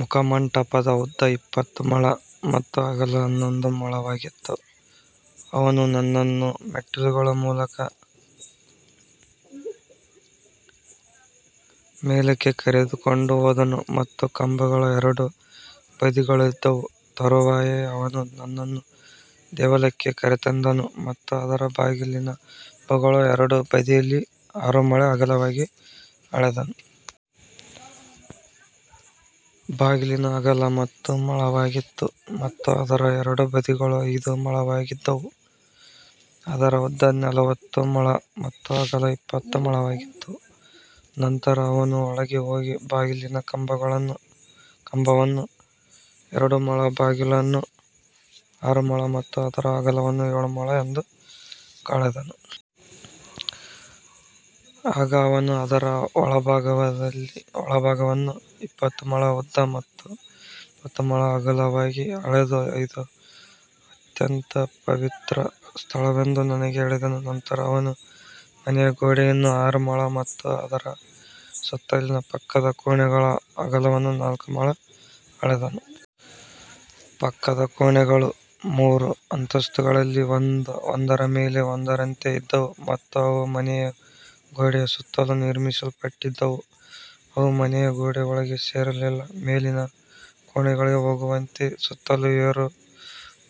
ಮುಖಮಂಟಪದ ಉದ್ದ ಇಪ್ಪತ್ತು ಮೊಳ ಮತ್ತು ಅಗಲ ಹನ್ನೊಂದು ಮೊಳವಾಗಿತ್ತು. ಅವನು ನನ್ನನ್ನು ಮೆಟ್ಟಿಲುಗಳ ಮೂಲಕ ಮೇಲಕ್ಕೆ ಕರೆದುಕೊಂಡು ಹೋದನು ಮತ್ತು ಕಂಬಗಳು ಎರಡೂ ಬದಿಗಳಲ್ಲಿದ್ದವು. ತರುವಾಯ ಅವನು ನನ್ನನ್ನು ದೇವಾಲಯಕ್ಕೆ ಕರೆತಂದನು ಮತ್ತು ಅದರ ಬಾಗಿಲಿನ ಕಂಬಗಳನ್ನು ಎರಡೂ ಬದಿಯಲ್ಲಿ ಆರು ಮೊಳ ಅಗಲವಾಗಿ ಅಳೆದನು. ಬಾಗಿಲಿನ ಅಗಲ ಹತ್ತು ಮೊಳವಾಗಿತ್ತು ಮತ್ತು ಅದರ ಎರಡೂ ಬದಿಗಳು ಐದು ಮೊಳವಾಗಿದ್ದವು. ಅದರ ಉದ್ದ ನಲವತ್ತು ಮೊಳ ಮತ್ತು ಅಗಲ ಇಪ್ಪತ್ತು ಮೊಳವಾಗಿತ್ತು. ನಂತರ ಅವನು ಒಳಗೆ ಹೋಗಿ ಬಾಗಿಲಿನ ಕಂಬವನ್ನು ಎರಡು ಮೊಳ, ಬಾಗಿಲನ್ನು ಆರು ಮೊಳ ಮತ್ತು ಅದರ ಅಗಲವನ್ನು ಏಳು ಮೊಳ ಎಂದು ಅಳೆದನು. ಆಗ ಅವನು ಅದರ ಒಳಭಾಗವನ್ನು ಇಪ್ಪತ್ತು ಮೊಳ ಉದ್ದ ಮತ್ತು ಇಪ್ಪತ್ತು ಮೊಳ ಅಗಲವಾಗಿ ಅಳೆದು, ಇದು ಅತ್ಯಂತ ಪವಿತ್ರ ಸ್ಥಳವೆಂದು ನನಗೆ ಹೇಳಿದನು. ನಂತರ ಅವನು ಮನೆಯ ಗೋಡೆಯನ್ನು ಆರು ಮೊಳ ಮತ್ತು ಅದರ ಸುತ್ತಲಿನ ಪಕ್ಕದ ಕೋಣೆಗಳ ಅಗಲವನ್ನು ನಾಲ್ಕು ಮೊಳ ಅಳೆದನು. ಪಕ್ಕದ ಕೋಣೆಗಳು ಮೂರು ಅಂತಸ್ತುಗಳಲ್ಲಿ ಒಂದರ ಮೇಲೆ ಒಂದರಂತೆ ಇದ್ದವು ಮತ್ತು ಅವು ಮನೆಯ ಗೋಡೆಯ ಸುತ್ತಲೂ ನಿರ್ಮಿಸಲ್ಪಟ್ಟಿದ್ದವು. ಅವು ಮನೆಯ ಗೋಡೆಯೊಳಗೆ ಸೇರಿರಲಿಲ್ಲ. ಮೇಲಿನ ಕೋಣೆಗಳಿಗೆ ಹೋಗುವಂತೆ ಸುತ್ತಲೂ ಏರುವ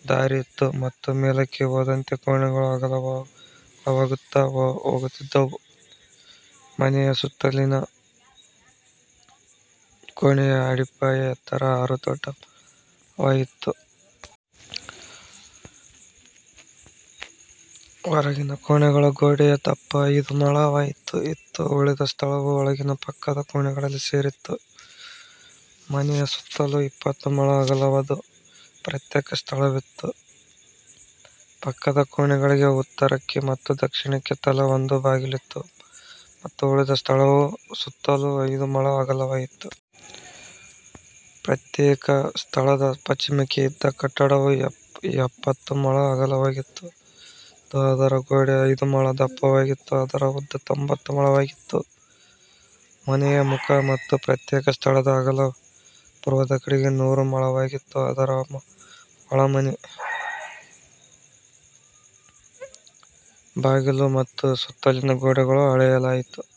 ದಾರಿ ಇತ್ತು ಮತ್ತು ಮೇಲಕ್ಕೆ ಹೋದಂತೆ ಕೋಣೆಗಳು ಅಗಲವಾಗುತ್ತಾ ಹೋಗುತ್ತಿದ್ದವು. ಮನೆಯ ಸುತ್ತಲಿನ ಪಕ್ಕದ ಕೋಣೆಗಳ ಅಡಿಪಾಯದ ಎತ್ತರ ಆರು ದೊಡ್ಡ ಮೊಳಗಳಾಗಿತ್ತು. ಹೊರಗಿನ ಕೋಣೆಗಳ ಗೋಡೆಯ ದಪ್ಪ ಐದು ಮೊಳವಾಗಿತ್ತು ಮತ್ತು ಉಳಿದ ಸ್ಥಳವು ಒಳಗಿನ ಪಕ್ಕದ ಕೋಣೆಗಳಿಗೆ ಸೇರಿತ್ತು. ಮನೆಯ ಸುತ್ತಲೂ ಇಪ್ಪತ್ತು ಮೊಳ ಅಗಲದ ಪ್ರತ್ಯೇಕ ಸ್ಥಳವಿತ್ತು. ಪಕ್ಕದ ಕೋಣೆಗಳಿಗೆ ಉತ್ತರಕ್ಕೆ ಮತ್ತು ದಕ್ಷಿಣಕ್ಕೆ ತಲಾ ಒಂದು ಬಾಗಿಲಿತ್ತು ಮತ್ತು ಉಳಿದ ಸ್ಥಳವು ಸುತ್ತಲೂ ಐದು ಮೊಳ ಅಗಲವಾಗಿತ್ತು. ಪ್ರತ್ಯೇಕ ಸ್ಥಳದ ಪಶ್ಚಿಮಕ್ಕೆ ಇದ್ದ ಕಟ್ಟಡವು ಎಪ್ಪತ್ತು ಮೊಳ ಅಗಲವಾಗಿತ್ತು ಮತ್ತು ಅದರ ಗೋಡೆ ಐದು ಮೊಳ ದಪ್ಪವಾಗಿತ್ತು. ಅದರ ಉದ್ದ ತೊಂಬತ್ತು ಮೊಳವಾಗಿತ್ತು. ಮನೆಯ ಮುಖ ಮತ್ತು ಪ್ರತ್ಯೇಕ ಸ್ಥಳದ ಅಗಲ ಪೂರ್ವದ ಕಡೆ ನೂರು ಮೊಳವಾಗಿತ್ತು. ಅದರ ಒಳಮನೆ, ಬಾಗಿಲುಗಳು ಮತ್ತು ಸುತ್ತಲಿನ ಗೋಡೆಗಳನ್ನೂ ಅಳೆಯಲಾಯಿತು.